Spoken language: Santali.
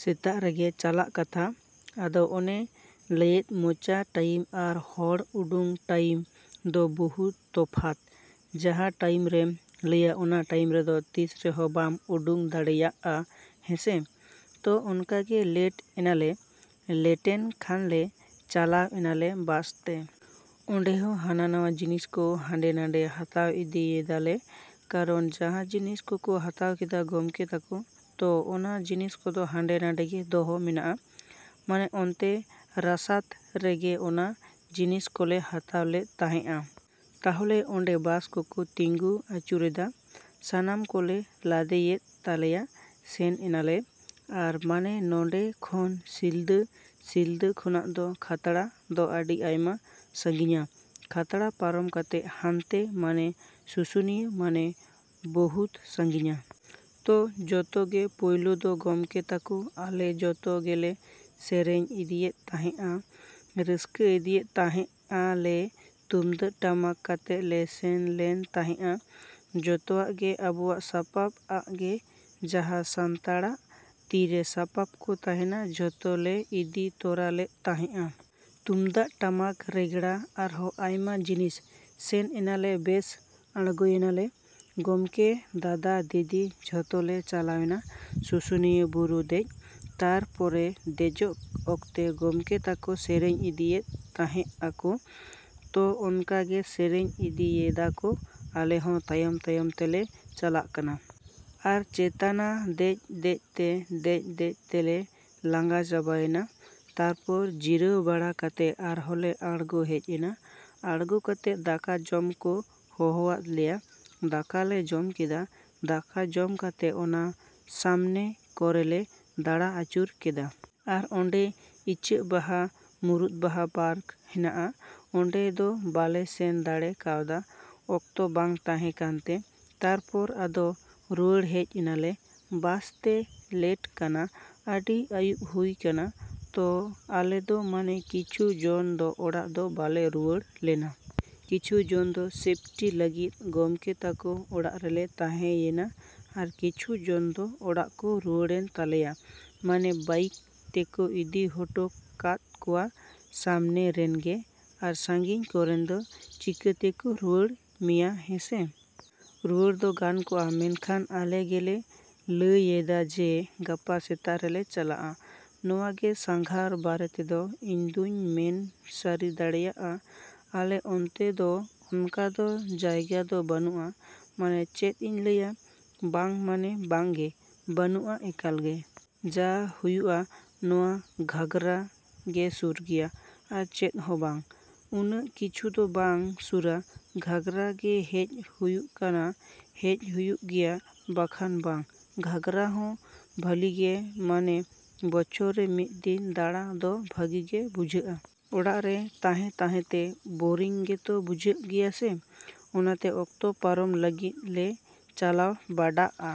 ᱥᱮᱛᱟᱜ ᱨᱮᱜᱮ ᱪᱟᱞᱟᱜ ᱠᱟᱛᱷᱟ᱾ ᱟᱫᱚ ᱚᱱᱮ ᱞᱟᱹᱭᱮᱫ ᱢᱚᱪᱟ ᱴᱟᱹᱭᱤᱢ ᱟᱨ ᱦᱚᱲ ᱩᱰᱩᱝ ᱴᱟᱸᱭᱤᱢ ᱫᱚ ᱵᱚᱦᱩᱛ ᱛᱚᱯᱷᱟᱛ᱾ ᱡᱟᱦᱟᱸ ᱴᱟᱹᱭᱤᱢᱨᱮᱢ ᱞᱟᱹᱭᱟ ᱚᱱᱟ ᱴᱟᱭᱤᱢ ᱨᱮᱫᱚ ᱛᱤᱥ ᱨᱮᱦᱚᱸ ᱵᱟᱢ ᱩᱰᱩᱝ ᱫᱟᱲᱮᱭᱟᱜᱼᱟ ᱦᱮᱸᱥᱮ᱾ ᱛᱚ, ᱚᱱᱠᱟᱜᱮ ᱞᱮᱴ ᱮᱱᱟᱞᱮ᱾ ᱞᱮᱴᱮᱱ ᱠᱷᱟᱱᱞᱮ ᱪᱟᱞᱟᱣ ᱮᱱᱟᱞᱮ ᱵᱟᱥᱛᱮ᱾ ᱚᱸᱰᱮ ᱦᱚᱸ ᱦᱟᱱᱟᱼᱱᱟᱣᱟ ᱡᱤᱱᱤᱥ ᱠᱚ ᱦᱟᱸᱰᱮᱼᱱᱟᱰᱮ ᱦᱟᱛᱟᱣ ᱤᱫᱤᱭᱮᱫᱟᱞᱮ᱾ ᱠᱟᱨᱚᱱ ᱡᱟᱦᱟᱸ ᱡᱤᱱᱤᱥ ᱠᱚᱠᱚ ᱦᱟᱛᱟᱣ ᱠᱮᱫᱟ ᱜᱚᱢᱠᱮ ᱛᱟᱠᱚ, ᱛᱚ, ᱚᱱᱟ ᱡᱤᱱᱤᱥ ᱠᱚᱫᱚ ᱦᱟᱸᱰᱮᱼᱱᱷᱟᱰᱮ ᱜᱮ ᱫᱚᱦᱚ ᱢᱮᱱᱟᱜᱼᱟ᱾ ᱢᱟᱱᱮ ᱚᱱᱛᱮ ᱨᱟᱥᱟᱛ ᱨᱮᱜᱮ ᱚᱱᱟ ᱡᱤᱱᱤᱥ ᱠᱚᱞᱮ ᱦᱟᱛᱟᱣ ᱞᱮᱫ ᱛᱟᱦᱮᱸᱜᱼᱟ᱾ ᱛᱟᱦᱚᱞᱮ ᱚᱸᱰᱮ ᱵᱟᱥ ᱠᱚᱠᱚ ᱛᱤᱸᱜᱩ ᱟᱪᱩᱨᱮᱫᱟ, ᱥᱟᱢᱟᱱ ᱠᱚᱞᱮ ᱞᱟᱫᱮᱭᱮᱫ ᱛᱟᱞᱮᱭᱟ, ᱥᱮᱱ ᱮᱱᱟᱞᱮ᱾ ᱟᱨ ᱢᱟᱱᱮ ᱱᱚᱰᱮ ᱠᱷᱚᱱ ᱥᱤᱞᱫᱟᱹ, ᱥᱤᱞᱫᱟᱹ ᱠᱷᱚᱱᱟᱜ ᱫᱚ ᱠᱷᱟᱛᱲᱟ ᱫᱚ ᱟᱹᱰᱤ ᱟᱭᱢᱟ ᱥᱟᱺᱜᱤᱧᱟ᱾ ᱠᱷᱟᱛᱲᱟ ᱯᱟᱨᱚᱢ ᱠᱟᱛᱮ ᱦᱟᱱᱛᱮ ᱢᱟᱱᱮ ᱥᱩᱥᱩᱱᱤᱭᱟᱹ ᱢᱟᱱᱮ ᱵᱚᱦᱩᱛ ᱥᱟᱺᱜᱤᱧᱟ᱾ ᱛᱚ, ᱡᱚᱛᱚ ᱜᱮ ᱯᱳᱭᱞᱳ ᱫᱚ ᱜᱚᱢᱠᱮ ᱛᱟᱠᱚ, ᱟᱞᱮ ᱡᱚᱛᱚ ᱜᱮᱞᱮ ᱥᱮᱨᱮᱧ ᱤᱫᱤᱭᱮᱛ ᱛᱟᱦᱮᱸᱜᱼᱟ᱾ ᱨᱟᱹᱥᱠᱟᱹ ᱤᱫᱤᱭᱮᱛ ᱛᱟᱦᱮᱸᱜᱼᱟ ᱞᱮ᱾ ᱛᱩᱢᱫᱟᱜ, ᱴᱟᱢᱟᱠ ᱠᱟᱛᱮ ᱞᱮ ᱥᱮᱱ ᱞᱮᱱ ᱛᱟᱦᱮᱸᱜᱼᱟ᱾ ᱡᱚᱛᱚᱣᱟᱜ ᱜᱮ ᱟᱵᱚᱣᱟᱜ ᱥᱟᱯᱟᱵ ᱟᱜ ᱜᱮ᱾ ᱡᱟᱦᱟᱸ ᱥᱟᱱᱛᱟᱲᱟᱜ ᱛᱤᱨᱮ ᱥᱟᱵᱟᱯ ᱠᱚ ᱛᱟᱦᱮᱱᱟ ᱡᱚᱛᱚ ᱞᱮ ᱤᱫᱤ ᱛᱚᱨᱟ ᱞᱮᱫ ᱛᱟᱦᱮᱸᱜᱼᱟ᱾ ᱛᱩᱢᱫᱟᱜ, ᱴᱟᱢᱟᱠ, ᱨᱮᱜᱽᱲᱟ ᱟᱨᱦᱚᱸ ᱟᱭᱢᱟ ᱡᱤᱱᱤᱥ᱾ ᱥᱮᱱ ᱮᱱᱟᱞᱮ ᱵᱮᱥ, ᱟᱬᱜᱚᱭᱮᱱᱟᱞᱮ᱾ ᱜᱚᱢᱠᱮ, ᱫᱟᱫᱟ, ᱫᱤᱫᱤ ᱡᱷᱚᱛᱚ ᱞᱮ ᱪᱟᱞᱟᱣᱮᱱᱟ᱾ ᱥᱩᱥᱩᱱᱤᱭᱟᱹ ᱵᱩᱨᱩ ᱫᱮᱡ᱾ ᱛᱟᱨᱯᱚᱨᱮ ᱫᱮᱡᱚᱜ ᱚᱠᱛᱮ ᱜᱚᱢᱠᱮ ᱛᱟᱠᱚ ᱥᱮᱨᱮᱧ ᱤᱫᱤᱭᱮᱫ ᱛᱟᱦᱮᱸᱜᱼᱟᱠᱚ᱾ ᱛᱚ, ᱚᱱᱠᱟ ᱜᱮ ᱥᱮᱨᱮᱧ ᱤᱫᱤᱭᱮᱫᱟᱠᱚ, ᱟᱞᱮ ᱦᱚᱸ ᱛᱟᱭᱚᱢ, ᱛᱟᱭᱚᱢ ᱛᱮᱞᱮ ᱪᱟᱞᱟᱜ ᱠᱟᱱᱟ᱾ ᱟᱨ ᱪᱮᱛᱟᱱᱟ ᱫᱮᱡ ᱫᱮᱡ ᱛᱮ ᱫᱮᱡ ᱫᱮᱡ ᱛᱮᱞᱮ ᱞᱟᱸᱜᱟ ᱪᱟᱵᱟᱭᱮᱱᱟ᱾ ᱛᱟᱨᱯᱚᱨ ᱡᱤᱨᱟᱹᱣ ᱵᱟᱲᱟ ᱠᱟᱛᱮ ᱟᱨᱦᱚᱸᱞᱮ ᱟᱬᱜᱚ ᱦᱮᱡ ᱮᱱᱟ᱾ ᱟᱬᱜᱚ ᱠᱟᱛᱮ ᱫᱟᱠᱟ ᱡᱚᱢ ᱠᱚ ᱦᱚᱦᱚᱣᱟᱫ ᱞᱮᱭᱟ᱾ ᱫᱟᱠᱟ ᱞᱮ ᱡᱚᱢ ᱠᱮᱫᱟ᱾ ᱫᱟᱠᱟ ᱡᱚᱢ ᱠᱟᱛᱮ ᱚᱱᱟ ᱥᱟᱢᱱᱮ ᱠᱚᱨᱮᱞᱮ ᱫᱟᱬᱟ ᱟᱹᱪᱩᱨ ᱠᱮᱫᱟ᱾ ᱟᱨ ᱚᱸᱰᱮ ᱤᱪᱟᱹᱜ ᱵᱟᱦᱟ, ᱢᱩᱨᱩᱫ ᱵᱟᱦᱟ ᱯᱟᱨᱠ ᱦᱮᱱᱟᱜᱼᱟ᱾ ᱚᱸᱰᱮ ᱫᱚ ᱵᱟᱞᱮ ᱥᱮᱱ ᱫᱟᱲᱮ ᱠᱟᱣᱫᱟ ᱚᱠᱛᱚ ᱵᱟᱝ ᱛᱟᱦᱮᱸ ᱠᱟᱱᱛᱮ᱾ ᱛᱟᱨᱯᱚᱨ ᱟᱫᱚ ᱨᱩᱣᱟᱹᱲ ᱦᱮᱡ ᱮᱱᱟᱞᱮ᱾ ᱵᱟᱥᱛᱮ, ᱞᱮᱴ ᱠᱟᱱᱟ, ᱟᱹᱰᱤ ᱟᱹᱭᱩᱵ ᱦᱩᱭ ᱠᱟᱱᱟ᱾ ᱛᱚ ᱟᱞᱮ ᱫᱚ ᱢᱟᱱᱮ ᱠᱤᱪᱷᱩ ᱡᱚᱱ ᱫᱚ ᱚᱲᱟᱜ ᱫᱚ ᱵᱟᱞᱮ ᱨᱩᱣᱟᱹᱲ ᱞᱮᱱᱟ᱾ ᱠᱤᱪᱷᱩ ᱡᱚᱱ ᱫᱚ ᱥᱮᱯᱴᱤ ᱞᱟᱹᱜᱤᱫ ᱜᱚᱢᱠᱮ ᱛᱟᱠᱚ ᱚᱲᱟᱜ ᱨᱮᱞᱮ ᱛᱟᱦᱮᱸ ᱭᱮᱱᱟ᱾ ᱟᱨ ᱠᱤᱪᱷᱩ ᱡᱚᱱ ᱫᱚ ᱚᱲᱟᱜ ᱠᱚ ᱨᱩᱣᱟᱹᱲᱮᱱ ᱛᱟᱞᱮᱭᱟ᱾ ᱢᱟᱱᱮ ᱵᱟᱭᱤᱠ ᱛᱮᱠᱚ ᱤᱫᱤ ᱦᱚᱴᱚ ᱠᱟᱫ ᱠᱚᱣᱟ᱾ ᱥᱟᱢᱱᱮ ᱨᱮᱱᱜᱮ, ᱾ᱟᱨ ᱥᱟᱺᱜᱤᱧ ᱠᱚᱨᱮᱱ ᱫᱚ ᱪᱤᱠᱟᱹᱛᱮᱠᱚ ᱨᱩᱣᱟᱹᱲ ᱢᱮᱭᱟ ᱦᱮᱸᱥᱮ᱾ ᱨᱩᱣᱟᱹᱲ ᱫᱚ ᱜᱟᱱ ᱠᱚᱜᱼᱟ, ᱢᱮᱱᱠᱷᱟᱱ ᱟᱞᱮ ᱜᱮᱞᱮ ᱞᱟᱹᱭᱮᱫᱟ ᱡᱮ, ᱜᱟᱯᱟ ᱥᱮᱛᱟᱜ ᱨᱮᱞᱮ ᱪᱟᱞᱟᱜᱼᱟ᱾ ᱱᱚᱣᱟ ᱜᱮ ᱥᱟᱸᱜᱷᱟᱨ ᱵᱟᱨᱮ ᱛᱮᱫᱚ ᱤᱧᱫᱚᱹᱧ ᱢᱮᱱ ᱥᱟᱹᱨᱤ ᱫᱟᱲᱮᱭᱟᱜᱼᱟ᱾ ᱟᱞᱮ ᱚᱱᱛᱮ ᱫᱚ ᱚᱱᱠᱟ ᱫᱚ ᱡᱟᱭᱜᱟ ᱫᱚ ᱵᱟᱹᱱᱩᱜᱼᱟ᱾ ᱢᱟᱱᱮ ᱪᱮᱫ ᱤᱧ ᱞᱟᱹᱭᱟ ᱵᱟᱝ ᱢᱟᱱᱮ ᱵᱟᱝ ᱜᱮ, ᱵᱟᱹᱱᱩᱜᱼᱟ ᱮᱠᱟᱞ ᱜᱮ᱾ ᱡᱟ ᱦᱩᱭᱩᱜᱼᱟ ᱱᱚᱣᱟ ᱜᱷᱟᱜᱽᱨᱟ ᱜᱮ ᱥᱩᱨ ᱜᱮᱭᱟ᱾ ᱟᱨ ᱪᱮᱫ ᱦᱚᱸ ᱵᱟᱝ᱾ ᱩᱱᱟᱹᱜ ᱠᱤᱪᱷᱩ ᱫᱚ ᱵᱟᱝ ᱥᱩᱨᱟ᱾ ᱜᱷᱟᱜᱽᱨᱟ ᱜᱮ ᱦᱮᱡ ᱦᱩᱭᱩᱜ ᱠᱟᱱᱟ, ᱦᱮᱡ ᱦᱩᱭᱩᱜ ᱜᱮᱭᱟ ᱵᱟᱠᱷᱟᱱ ᱵᱟᱝ᱾ ᱜᱷᱟᱜᱽᱨᱟ ᱦᱚᱸ ᱵᱷᱟᱞᱤᱜᱮ ᱢᱟᱱᱮ ᱵᱚᱪᱷᱚᱨ ᱨᱮ ᱢᱤᱫ ᱫᱤᱱ ᱫᱟᱬᱟ ᱫᱚ ᱵᱷᱟᱜᱤ ᱜᱮ ᱵᱩᱡᱷᱟᱹᱜᱼᱟ᱾ ᱚᱲᱟᱜ ᱨᱮ ᱛᱟᱦᱮᱸ ᱛᱟᱦᱮᱸ ᱛᱮ ᱵᱳᱨᱤᱝ ᱜᱮᱛᱚ ᱵᱩᱡᱷᱟᱹᱜ ᱜᱮᱭᱟ ᱥᱮ᱾ ᱚᱱᱟᱛᱮ ᱚᱠᱛᱚ ᱯᱟᱨᱚᱢ ᱞᱟᱹᱜᱤᱫ ᱞᱮ ᱪᱟᱞᱟᱣ ᱵᱟᱰᱟᱜ-ᱟ᱾